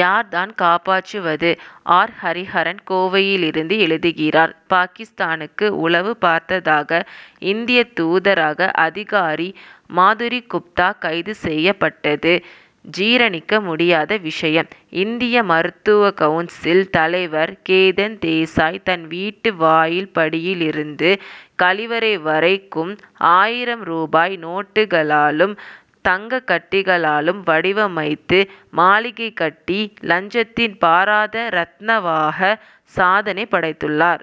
யார் தான் காப்பாற்றுவது? ஆர். ஹரிஹரன் கோவையிலிருந்து எழுதுகிறார் பாகிஸ்தானுக்கு உளவு பார்த்ததாக இந்திய தூதரக அதிகாரி மாதுரி குப்தா கைது செய்யப்பட்டது ஜீரணிக்க முடியாத விஷயம். இந்திய மருத்துவக்கவுன்சில் தலைவர் கேதன் தேசாய் தன் வீட்டு வாயில்படியிலிருந்து கழிவறை வரைக்கும் ஆயிரம் ரூபாய் நோட்டுகளாலும் தங்கக்கட்டிகளாலும் வடிவமைத்து மாளிகை கட்டி லஞ்சத்தின் பாராத ரத்னவாக சாதனை படைத்துள்ளார்.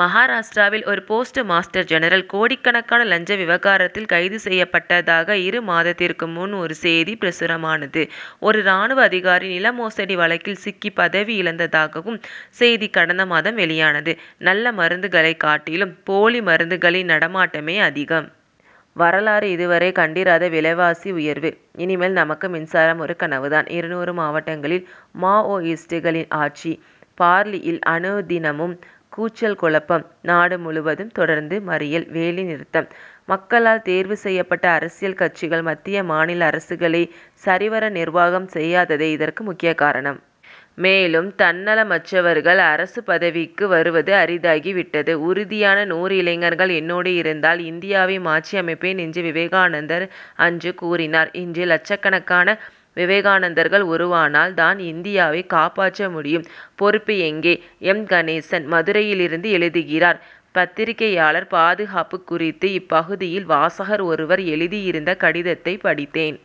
மகாராஷ்டிராவில் ஒரு போஸ்ட் மாஸ்டர் ஜெனரல் கோடிக்கணக்கான லஞ்ச விவகாரத்தில் கைது செய்யப்பட்டதாக இரு மாதத்திற்கு முன் ஒரு செய்தி பிரசுரமானது. ஒரு ராணுவ அதிகாரி நிலமோசடி வழக்கில் சிக்கி பதவியிழந்ததாகவும் செய்தி கடந்த மாதம் வெளியானது. நல்ல மருந்துகளை காட்டிலும் போலி மருந்துகளின் நடமாட்டமே அதிகம். வரலாறு இதுவரை கண்டிராத விலைவாசி உயர்வு. இனிமேல் நமக்கு மின்சாரம் ஒரு கனவு தான். இருநூறு மாவட்டங்களில் மாவோயிஸ்டுகளின் ஆட்சி. பார்லியில் அனுதினமும் கூச்சல் குழப்பம். நாடு முழுவதும் தொடர்ந்து மறியல் வேலைநிறுத்தம். மக்களால் தேர்வு செய்யப்பட்ட அரசியல் கட்சிகள் மத்திய மாநில அரசுகளை சரிவர நிர்வாகம் செய்யாததே இதற்கு முக்கிய காரணம். மேலும் தன்னலமற்றவர்கள் அரசு பதவிக்கு வருவது அரிதாகிவிட்டது. உறுதியான நூறு இளைஞர்கள் என்னோடு இருந்தால் இந்தியாவை மாற்றியமைப்பேன் என்று விவேகானந்தர் அன்று கூறினார். இன்று லட்சக்கணக்கான விவேகானந்தர்கள் உருவானால் தான் இந்தியாவை காப்பாற்ற முடியும். பொறுப்பு எங்கே? எம். கணேசன் மதுரையிலிருந்து எழுதுகிறார் பத்திரிகையாளர் பாதுகாப்பு குறித்து இப்பகுதியில் வாசகர் ஒருவர் எழுதியிருந்த கடிதத்தைப் படித்தேன்.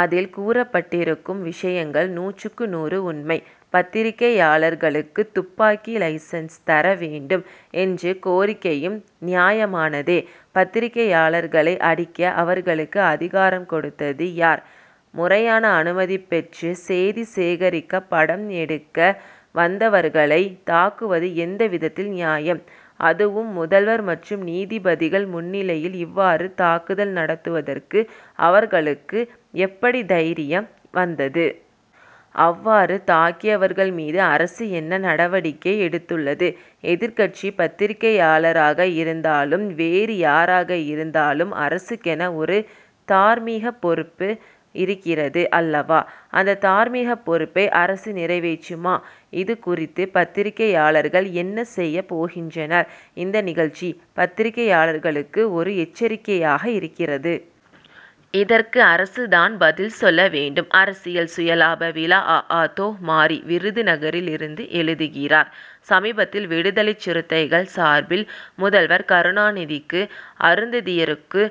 அதில் கூறப்பட்டிருக்கும் விஷயங்கள் நூற்றுக்கு நூறு உண்மை. பத்திரிகையாளர்களுக்கு துப்பாக்கி லைசென்ஸ் தர வேண்டும் என்ற கோரிக்கையும் நியாயமானதே. பத்திரிகையாளர்களை அடிக்க அவர்களுக்கு அதிகாரம் கொடுத்தது யார்? முறையான அனுமதி பெற்று செய்தி சேகரிக்க படம் எடுக்க வந்தவர்களைத் தாக்குவது எந்த விதத்தில் நியாயம்? அதுவும் முதல்வர் மற்றும் நீதிபதிகள் முன்னிலையில் இவ்வாறு தாக்குதல் நடத்துவதற்கு அவர்களுக்கு எப்படி தைரியம் வந்தது? அவ்வாறு தாக்கியவர்கள் மீது அரசு என்ன நடவடிக்கை எடுத்துள்ளது? எதிர்க்கட்சி பத்திரிகையாளராக இருந்தாலும் வேறு யாராக இருந்தாலும் அரசுக்கென ஒரு தார்மீகப் பொறுப்பு இருக்கிறது அல்லவா? அந்த தார்மீகப் பொறுப்பை அரசு நிறைவேற்றுமா? இது குறித்து பத்திரிகையாளர்கள் என்ன செய்யப் போகின்றனர்? இந்த நிகழ்ச்சி பத்திரிகையாளர்களுக்கு ஒரு எச்சரிக்கையாக இருக்கிறது. இதற்கு அரசுதான் பதில் சொல்ல வேண்டும். அரசியல் சுயலாப விழா! அ. அ. தொ. மாரி விருதுநகரிலிருந்து எழுதுகிறார் சமீபத்தில் விடுதலைச் சிறுத்தைகள் சார்பில் முதல்வர் கருணாநிதிக்கு அருந்ததியருக்கு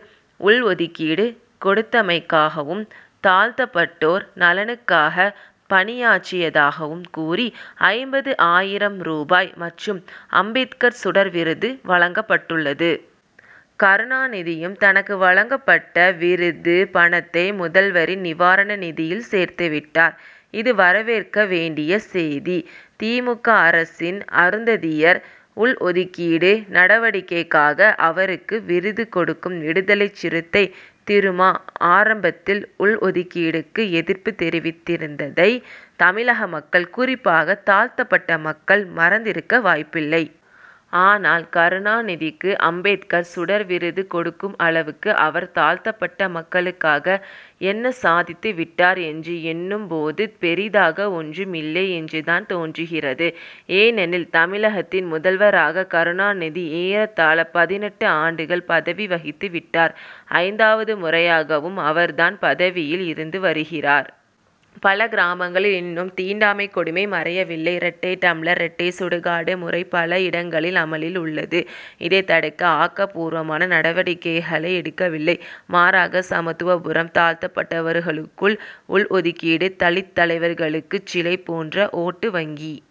உள்ஒதுக்கீடு கொடுத்தமைக்காகவும் தாழ்த்தப்பட்டோர் நலனுக்காக பணியாற்றியதாகவும் கூறி ஐம்பது ஆயிரம் ரூபாய் மற்றும் அம்பேத்கர் சுடர் விருது வழங்கப்பட்டுள்ளது. கருணாநிதியும் தனக்கு வழங்கப்பட்ட விருது பணத்தை முதல்வரின் நிவாரண நிதியில் சேர்த்துவிட்டார். இது வரவேற்க வேண்டிய செய்தி. தி. மு. க. அரசின் அருந்ததியர் உள்ஒதுக்கீடு நடவடிக்கைக்காக அவருக்கு விருது கொடுக்கும் விடுதலைச் சிறுத்தை திருமா ஆரம்பத்தில் உள்ஒதுக்கீடுக்கு எதிர்ப்பு தெரிவித்திருந்ததை தமிழக மக்கள் குறிப்பாக தாழ்த்தப்பட்ட மக்கள் மறந்திருக்க வாய்ப்பில்லை. ஆனால் கருணாநிதிக்கு அம்பேத்கர் சுடர் விருது கொடுக்கும் அளவுக்கு அவர் தாழ்த்தப்பட்ட மக்களுக்காக என்ன சாதித்து விட்டார் என்று எண்ணும் போது பெரிதாக ஒன்றும் இல்லை என்று தான் தோன்றுகிறது. ஏனெனில் தமிழகத்தின் முதல்வராக கருணாநிதி ஏறத்தாழ பதினெட்டு ஆண்டுகள் பதவி வகித்து விட்டார் ஐந்தாவது முறையாகவும் அவர்தான் பதவியில் இருந்து வருகிறார். பல கிராமங்களில் இன்னும் தீண்டாமைக் கொடுமை மறையவில்லை. இரட்டை டம்ளர் இரட்டை சுடுகாடு முறை பல இடங்களில் அமலில் உள்ளது. இதை தடுக்க ஆக்கப்பூர்வமான நடவடிக்கைகளை எடுக்கவில்லை. மாறாக சமத்துவபுரம் தாழ்த்தப்பட்டவர்களுக்குள் உள்ஒதுக்கீடு தலித் தலைவர்களுக்கு சிலை போன்ற ஓட்டு வங்கி